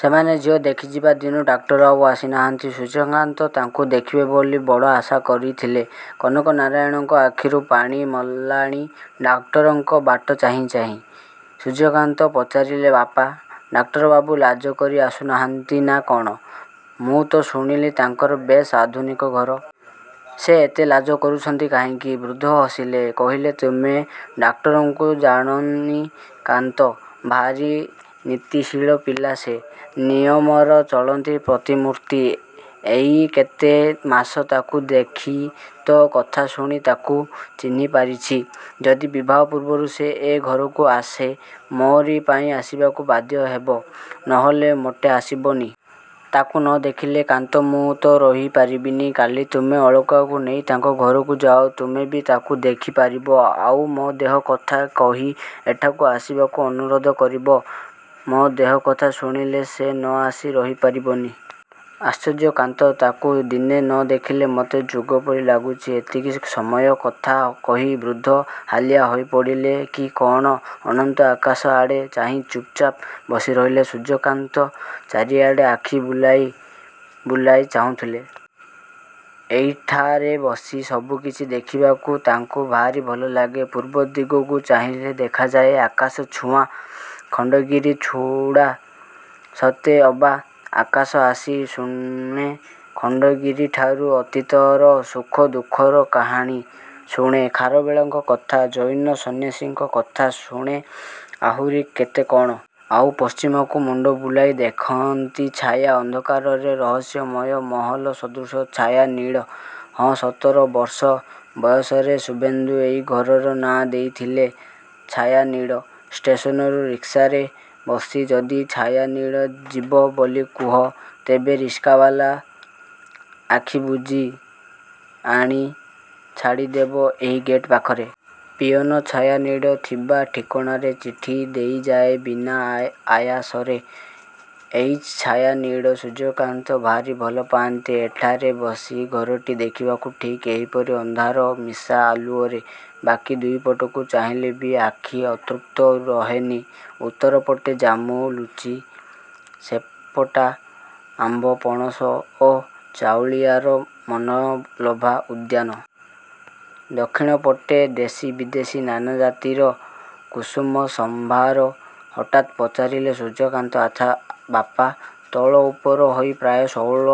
ସେମାନେ ଝିଅ ଦେଖିଯିବା ଦିନୁ ଡାକ୍ତର ଆଉ ଆସିନାହାନ୍ତି। ସୂର୍ଯ୍ୟକାନ୍ତ ତାଙ୍କୁ ଦେଖିବେ ବୋଲି ବଡ଼ ଆଶା କରିଥିଲେ। କନକ ନାରାୟଣଙ୍କ ଆଖିରୁ ପାଣି ମଲାଣି ଡାକ୍ତରଙ୍କ ବାଟ ଚାହିଁ ଚାହିଁ। ସୂର୍ଯ୍ୟକାନ୍ତ ପଚାରିଲେ ବାପା, ଡାକ୍ତରବାବୁ ଲାଜ କରି ଆସୁନାହାନ୍ତି ନା କ'ଣ? ମୁଁ ତ ଶୁଣିଲି ତାଙ୍କର ବେଶ୍ ଆଧୁନିକ ଘର। ସେ ଏତେ ଲାଜ କରୁଛନ୍ତି କାହିଁକି? ବୃଦ୍ଧ ହସିଲେ। କହିଲେ ତୁମେ ଡାକ୍ତରଙ୍କୁ ଜାଣନି କାନ୍ତ, ଭାରୀ ନୀତିଶୀଳ ପିଲା ସେ। ନିୟମର ଚଳନ୍ତି ପ୍ରତିମୂର୍ତ୍ତି। ଏଇ କେତେ ମାସ ତାକୁ ଦେଖି ତ କଥା ଶୁଣି ତାକୁ। ଚିହ୍ନି ପାରିଛି। ଯଦି ବିବାହ ପୂର୍ବରୁ ସେ ଏ ଘରକୁ ଆସେ ମୋରି ପାଇଁ ଆସିବାକୁ ବାଧ୍ୟ ହେବ, ନହେଲେ ମୋଟେ ଆସିବନି। ତାକୁ ନ ଦେଖିଲେ କାନ୍ତ ମୁଁ ତ ରହି ପାରିବିନି। କାଲି ତୁମେ ଅଳକାକୁ ନେଇ ତାଙ୍କ ଘରକୁ ଯାଅ। ତୁମେ ବି ତାକୁ ଦେଖି ପାରିବ, ଆଉ ମୋ ଦେହ କଥା କହି ଏଠାକୁ ଆସିବାକୁ ଅନୁରୋଧ କରିବ। ମୋ ଦେହ କଥା ଶୁଣିଲେ ସେ ନ ଆସି ରହି ପାରିବନି। ଆଶ୍ଚର୍ଯ୍ୟ କାନ୍ତ, ତାକୁ ଦିନେ ନ ଦେଖିଲେ ମୋତେ ଯୁଗ ପରି ଲାଗୁଛି। ଏତିକି ସମୟ କଥା କହି ବୃଦ୍ଧ ହାଲିଆ ହୋଇ ପଡ଼ିଲେ କି କ'ଣ ଅନନ୍ତ ଆକାଶ ଆଡ଼େ ଚାହିଁ ଚୁପ୍ ଚାପ୍ ବସି ରହିଲେ। ସୂର୍ଯ୍ୟକାନ୍ତ ଚାରିଆଡ଼େ ଆଖି ବୁଲାଇ ବୁଲାଇ ଚାହୁଁଥିଲେ। ଏଇଠାରେ ବସି ସବୁ କିଛି ଦେଖିବାକୁ ତାଙ୍କୁ ଭାରି ଭଲ ଲାଗେ। ପୂର୍ବ ଦିଗକୁ ଚାହିଁଲେ ଦେଖାଯାଏ ଆକାଶ ଛୁଆଁ ଖଣ୍ଡଗିରି ଛୁଡ଼ା। ସତେଅବା ଆକାଶ ଆସି ଶୁଣେ ଖଣ୍ଡଗିରିଠାରୁ ଅତୀତର ସୁଖ ଦୁଃଖର କାହାଣୀ, ଶୁଣେ ଖାରବେଳଙ୍କ କଥା, ଜୈନ ସନ୍ନ୍ୟାସୀଙ୍କ କଥା, ଶୁଣେ ଆହୁରି କେତେ କ'ଣ। ଆଉ ପଶ୍ଚିମକୁ ମୁଣ୍ଡ ବୁଲେଇ ଦେଖନ୍ତି ଛାୟା ଅନ୍ଧକାରରେ ରହସ୍ୟମୟୀ ମହଲ ସଦୃଶ ଛାୟାନୀଡ଼। ହଁ ସତର ବର୍ଷ ବୟସରେ ଶୁଭେନ୍ଦୁ ଏଇ ଘରର ନାଁ ଦେଇଥିଲେ "ଛାୟାନୀଡ଼"। ଷ୍ଟେସନରୁ ରିକ୍ସାରେ ବସି ଯଦି "ଛାୟାନୀଡ଼" ଯିବ ବୋଲି କୁହ, ତେବେ ରିସ୍କାବାଲା ଆଖିବୁଜି ଆଣି ଛାଡ଼ିଦେବ ଏହି ଗେଟ୍ ପାଖରେ। ପିଅନ "ଛାୟାନୀଡ଼" ଥିବା ଠିକଣାରେ ଚିଠି ଦେଇଯାଏ ବିନା ଆ ଆୟାସରେ। ଏଇ "ଛାୟାନୀଡ଼" ସୂର୍ଯ୍ୟକାନ୍ତ ଭାରି ଭଲ ପାଆନ୍ତି ଏଇଠାରେ ବସି ଘରଟି ଦେଖିବାକୁ ଠିକ୍ ଏହିପରି ଅନ୍ଧାର ମିଶା ଆଲୁଅରେ। ବାକି ଦୁଇପଟକୁ ଚାହିଁଲେ ବି ଆଖି ଅତୃପ୍ତ ରହେନି। ଉତ୍ତର ପଟେ ଜାମୁ, ଲୁଚି, ସପେଟା, ଆମ୍ବ, ପଣସ ଓ ଚାଉଳିଆର ମନଲୋଭା ଉଦ୍ୟାନ। ଦକ୍ଷିଣପଟେ ଦେଶୀ ବିଦେଶୀ ନାନା ଜାତିର କୁସୁମ ସମ୍ଭାର। ହଠାତ୍ ପଚାରିଲେ ସୂର୍ଯ୍ୟକାନ୍ତ ଆଚ୍ଛା ବାପା, ତଳ ଉପର ହୋଇ ପ୍ରାୟ ଷୋହଳ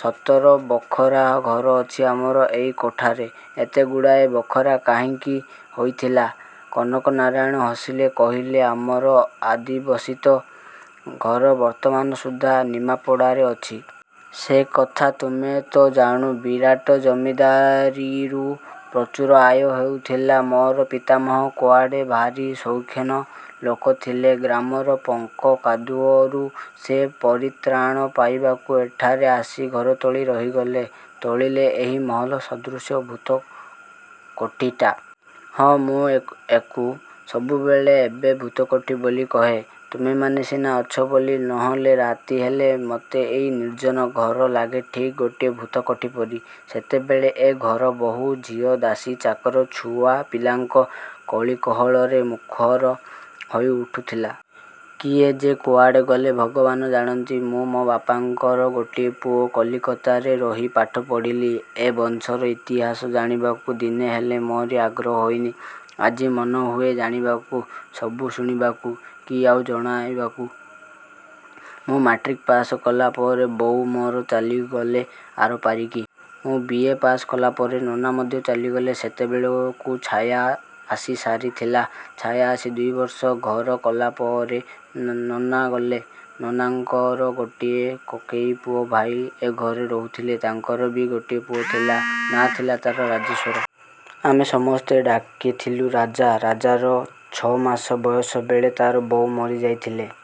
ସତର ବଖରା ଘର ଅଛି ଆମର ଏଇ କୋଠାରେ। ଏତେଗୁଡ଼ାଏ ବଖରା କାହିଁକି ହୋଇଥିଲା? କନକ ନାରାୟଣ ହସିଲେ, କହିଲେ ଆମର ଆଦିବସିତ ଘର ବର୍ତ୍ତମାନ ସୁଦ୍ଧା ନିମାପଡ଼ାରେ ଅଛି। ସେକଥା ତୁମେ ତ ଜାଣୁ। ବିରାଟ ଜମିଦାରୀରୁ ପ୍ରଚୁର ଆୟ ହେଉଥିଲା। ମୋର ପିତାମହ କୁଆଡ଼େ ଭାରି ସୌଖିନ୍ ଲୋକ ଥିଲେ। ଗ୍ରାମର ପଙ୍କ କାଦୁଅରୁ ସେ ପରିତ୍ରାଣ ପାଇବାକୁ ଏଇଠାରେ ଆସି ଘର ତୋଳି ରହିଗଲେ। ତୋଳିଲେ ଏହି ମହଲ ସଦୃଶ ଭୂତ କୋଠିଟା। ହଁ, ମୁଁ ଏକ୍ ୟଳଏକୁ ସବୁବେଳେ ଏବେ ଭୂତକୋଠି ବୋଲି କହେ। ତୁମେମାନେ ସିନା ଅଛ ବୋଲି, ନହେଲେ ରାତି ହେଲେ ମତେ ଏଇ ନିର୍ଜନ ଘର ଲାଗେ ଠିକ୍ ଗୋଟିଏ ଭୂତକୋଠି ପରି। ସେତେବେଳେ ଏ ଘର ବୋହୂ, ଝିଅ, ଦାସୀ, ଚାକର ଛୁଆପିଲାଙ୍କ କଳି କହଳରେ ମୁଖର ହୋଇ ଉଠୁଥିଲା। କିଏ, ଯେ କୁଆଡ଼େ ଗଲେ ଭଗବାନ ଜାଣନ୍ତି। ମୁଁ, ମୋ ବାପାଙ୍କର ଗୋଟିଏ ପୁଅ। କଲିକତାରେ ରହି ପାଠ ପଢ଼ିଲି। ଏ ବଂଶର ଇତିହାସ ଜାଣିବାକୁ ଦିନେହେଲେ ମୋରି ଆଗ୍ରହ ହୋଇନି। ଆଜି ମନହୁଏ ଜାଣିବାକୁ, ସବୁ ଶୁଣିବାକୁ। କି ଆଉ ଜଣାଇବାକୁ! ମୁଁ ମାଟ୍ରିକ୍ ପାଶ୍ କଲାପରେ ବୋଉ ମୋର ଚାଲିଗଲେ ଆରପାରିକି। ମୁଁ ବି. ଏ. ପାଶ୍ କଲାପରେ ନନା ମଧ୍ୟ ଚାଲିଗଲେ। ସେତେବେଳକୁ ଛାୟା ଆସିସାରିଥିଲା। ଛାୟା ଆସି ଦୁଇବର୍ଷ ଘର କଲାପରେ ନ ନନା ଗଲେ। ନନାଙ୍କର ଗୋଟିଏ କକେଇ ପୁଅ ଭାଇ ଏ ଘରେ ରହୁଥିଲେ। ତାଙ୍କର ବି ଗୋଟିଏ ପୁଅ ଥିଲା। ନାଁ ଥିଲା ତା'ର "ରାଜେଶ୍ୱର"। ଆମେ ସମସ୍ତେ ଡାକିଥିଲୁ "ରାଜା"। ରାଜାର ଛଅମାସ ବୟସ ବେଳେ ତା'ର ବୋଉ ମରିଯାଇଥିଲେ।